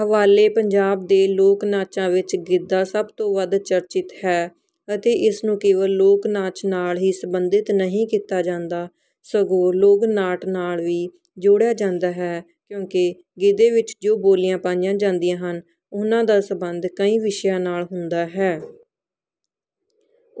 ਹਵਾਲੇ ਪੰਜਾਬ ਦੇ ਲੋਕ-ਨਾਚਾਂ ਵਿੱਚ ਗਿੱਧਾ ਸਭ ਤੋਂ ਵੱਧ ਚਰਚਿਤ ਹੈ ਅਤੇ ਇਸ ਨੂੰ ਕੇਵਲ ਲੋਕ-ਨਾਚ ਨਾਲ ਹੀ ਸਬੰਧਿਤ ਨਹੀਂ ਕੀਤਾ ਜਾਂਦਾ, ਸਗੋਂ ਲੋਕ-ਨਾਟ ਨਾਲ ਵੀ ਜੋੜਿਆ ਜਾਂਦਾ ਹੈ, ਕਿਉਂਕਿ ਗਿੱਧੇ ਵਿੱਚ ਜੋ ਬੋਲੀਆਂ ਪਾਈਆਂ ਜਾਂਦੀਆਂ ਹਨ, ਉਹਨਾਂ ਦਾ ਸੰਬੰਧ ਕਈ ਵਿਸ਼ਿਆਂ ਨਾਲ ਹੁੰਦਾ ਹੈ।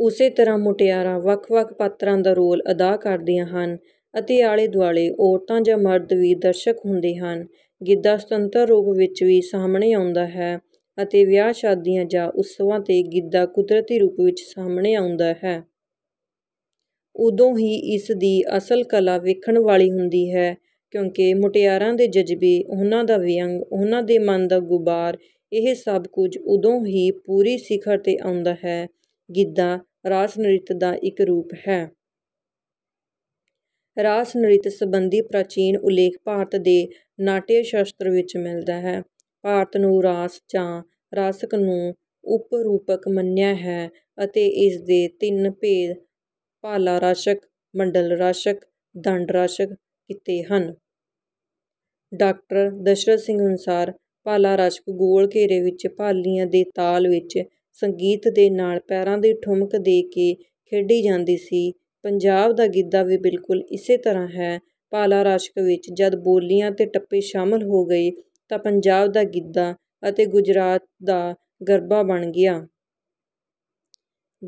ਉਸੇ ਤਰ੍ਹਾਂ ਮੁਟਿਆਰਾਂ ਵੱਖ-ਵੱਖ ਪਾਤਰਾਂ ਦਾ ਰੋਲ ਅਦਾ ਕਰਦੀਆਂ ਹਨ ਅਤੇ ਆਲੇ-ਦੁਆਲੇ ਔਰਤਾਂ ਜਾਂ ਮਰਦ ਵੀ ਦਰਸ਼ਕ ਹੁੰਦੇ ਹਨ। ਗਿੱਧਾ ਸੁਤੰਤਰ ਰੂਪ ਵਿੱਚ ਵੀ ਸਾਹਮਣੇ ਆਉਂਦਾ ਹੈ ਅਤੇ ਵਿਆਹ-ਸ਼ਾਦੀਆਂ ਜਾਂ ਉਤਸਵਾਂ 'ਤੇ ਗਿੱਧਾ ਕੁਦਰਤੀ ਰੂਪ ਵਿੱਚ ਸਾਹਮਣੇ ਆਉਂਦਾ ਹੈ। ਉਦੋਂ ਹੀ ਇਸ ਦੀ ਅਸਲ ਕਲਾ ਵੇਖਣ ਵਾਲੀ ਹੁੰਦੀ ਹੈ, ਕਿਉਂਕਿ ਮੁਟਿਆਰਾਂ ਦੇ ਜਜ਼ਬੇ, ਉਹਨਾਂ ਦਾ ਵਿਅੰਗ, ਉਹਨਾਂ ਦੇ ਮਨ ਦਾ ਗ਼ੁਬਾਰ ਇਹ ਸਭ ਕੁਝ ਉਦੋਂ ਹੀ ਪੂਰੀ ਸਿਖਰ 'ਤੇ ਆਉਂਦਾ ਹੈ। ਗਿੱਧਾ ਰਾਸ-ਨ੍ਰਿਤ ਦਾ ਇੱਕ ਰੂਪ ਹੈ। ਰਾਸ-ਨ੍ਰਿਤ ਸੰਬੰਧੀ ਪ੍ਰਾਚੀਨ ਉੱਲੇਖ ਭਾਰਤ ਦੇ ਨਾਟਯ-ਸ਼ਾਸਤਰ ਵਿੱਚ ਮਿਲਦਾ ਹੈ। ਭਾਰਤ ਨੂੰ ਰਾਸ ਜਾਂ ਰਾਸਕ ਨੂੰ ਉਪ-ਰੂਪਕ ਮੰਨਿਆ ਹੈ ਅਤੇ ਇਸ ਦੇ ਤਿੰਨ ਭੇਦ - ਭਾਲਾ ਰਾਸਕ, ਮੰਡਲ ਰਾਸਕ, ਦੰਡ ਰਾਸਕ ਕੀਤੇ ਹਨ। "ਡਾਕਟਰ ਦਸਰਥ ਸਿੰਘ ਅਨੁਸਾਰ, "ਭਾਲਾ ਰਾਸਕ ਗੋਲ ਘੇਰੇ ਵਿੱਚ ਭਾਲੀਆਂ ਦੇ ਤਾਲ ਵਿੱਚ ਸੰਗੀਤ ਦੇ ਨਾਲ ਪੈਰਾਂ ਦੀ ਠੁਮਕ ਦੇ ਕੇ ਖੇਡੀ ਜਾਂਦੀ ਸੀ। ਪੰਜਾਬ ਦਾ ਗਿੱਧਾ ਵੀ ਬਿਲਕੁਲ ਇਸੇ ਤਰ੍ਹਾਂ ਹੈ, ਭਾਲਾ ਰਾਸਕ ਵਿੱਚ ਜਦ ਬੋਲੀਆਂ ਅਤੇ ਟੱਪੇ ਸ਼ਾਮਲ ਹੋ ਗਏ ਤਾਂ ਪੰਜਾਬ ਦਾ ਗਿੱਧਾ ਅਤੇ ਗੁਜਰਾਤ ਦਾ ਗਰਬਾ ਬਣ ਗਿਆ।"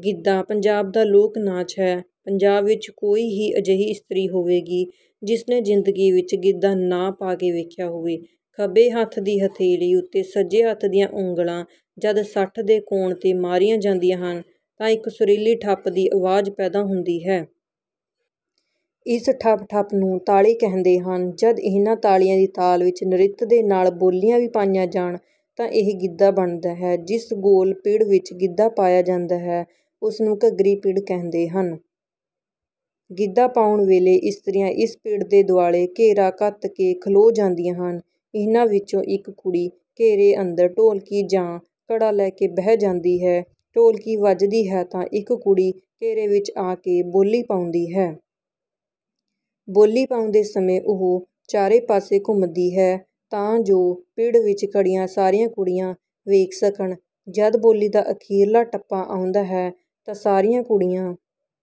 ਗਿੱਧਾ ਪੰਜਾਬ ਦਾ ਲੋਕ-ਨਾਚ ਹੈ। ਪੰਜਾਬ ਵਿੱਚ ਕੋਈ ਹੀ ਅਜਿਹੀ ਇਸਤਰੀ ਹੋਵੇਗੀ ਜਿਸ ਨੇ ਜ਼ਿੰਦਗੀ ਵਿੱਚ ਗਿੱਧਾ ਨਾ ਪਾ ਕੇ ਵੇਖਿਆ ਹੋਵੇ। ਖੱਬੇ ਹੱਥ ਦੀ ਹਥੇਲੀ ਉੱਤੇ ਸੱਜੇ ਹੱਥ ਦੀਆਂ ਉਂਗਲਾਂ ਜਦ ਸੱਠ ਦੇ ਕੋਣ 'ਤੇ ਮਾਰੀਆਂ ਜਾਂਦੀਆਂ ਹਨ ਤਾਂ ਇੱਕ ਸੁਰੀਲੀ ਠੱਪ ਦੀ ਆਵਾਜ਼ ਪੈਦਾ ਹੁੰਦੀ ਹੈ। ਇਸ ਠੱਪ-ਠੱਪ ਨੂੰ ਤਾਲੀ ਕਹਿੰਦੇ ਹਨ। ਜਦ ਇਹਨਾਂ ਤਾਲੀਆਂ ਦੀ ਤਾਲ ਵਿੱਚ ਨ੍ਰਿਤ ਦੇ ਨਾਲ ਬੋਲੀਆਂ ਵੀ ਪਾਈਆਂ ਜਾਣ ਤਾਂ ਇਹ ਗਿੱਧਾ ਬਣਦਾ ਹੈ। ਜਿਸ ਗੋਲ ਪਿੜ ਵਿੱਚ ਗਿੱਧਾ ਪਾਇਆ ਜਾਂਦਾ ਹੈ, ਉਸ ਨੂੰ ਘੱਗਰੀ-ਪਿੜ ਕਹਿੰਦੇ ਹਨ। ਗਿੱਧਾ ਪਾਉਣ ਵੇਲੇ ਇਸਤਰੀਆਂ ਇਸ ਪਿੜ ਦੇ ਦੁਆਲੇ ਘੇਰਾ ਘੱਤ ਕੇ ਖਲੋ ਜਾਂਦੀਆਂ ਹਨ, ਇਹਨਾਂ ਵਿੱਚੋਂ ਇੱਕ ਕੁੜੀ ਘੇਰੇ ਅੰਦਰ ਢੋਲਕੀ ਜਾਂ ਘੜਾ ਲੈ ਕੇ ਬਹਿ ਜਾਂਦੀ ਹੈ। ਢੋਲਕੀ ਵੱਜਦੀ ਹੈ ਤਾਂ ਇੱਕ ਕੁੜੀ ਘੇਰੇ ਵਿੱਚ ਆ ਕੇ ਬੋਲੀ ਪਾਉਂਦੀ ਹੈ। ਬੋਲੀ ਪਾਉਂਦੇ ਸਮੇਂ ਉਹ ਚਾਰੇ ਪਾਸੇ ਘੁੰਮਦੀ ਹੈ, ਤਾਂ ਜੋ ਪਿੜ ਵਿੱਚ ਖੜ੍ਹੀਆਂ ਸਾਰੀਆਂ ਕੁੜੀਆਂ ਵੇਖ ਸਕਣ। ਜਦ ਬੋਲੀ ਦਾ ਅਖ਼ੀਰਲਾ ਟੱਪਾ ਆਉਂਦਾ ਹੈ ਤਾਂ ਸਾਰੀਆਂ ਕੁੜੀਆਂ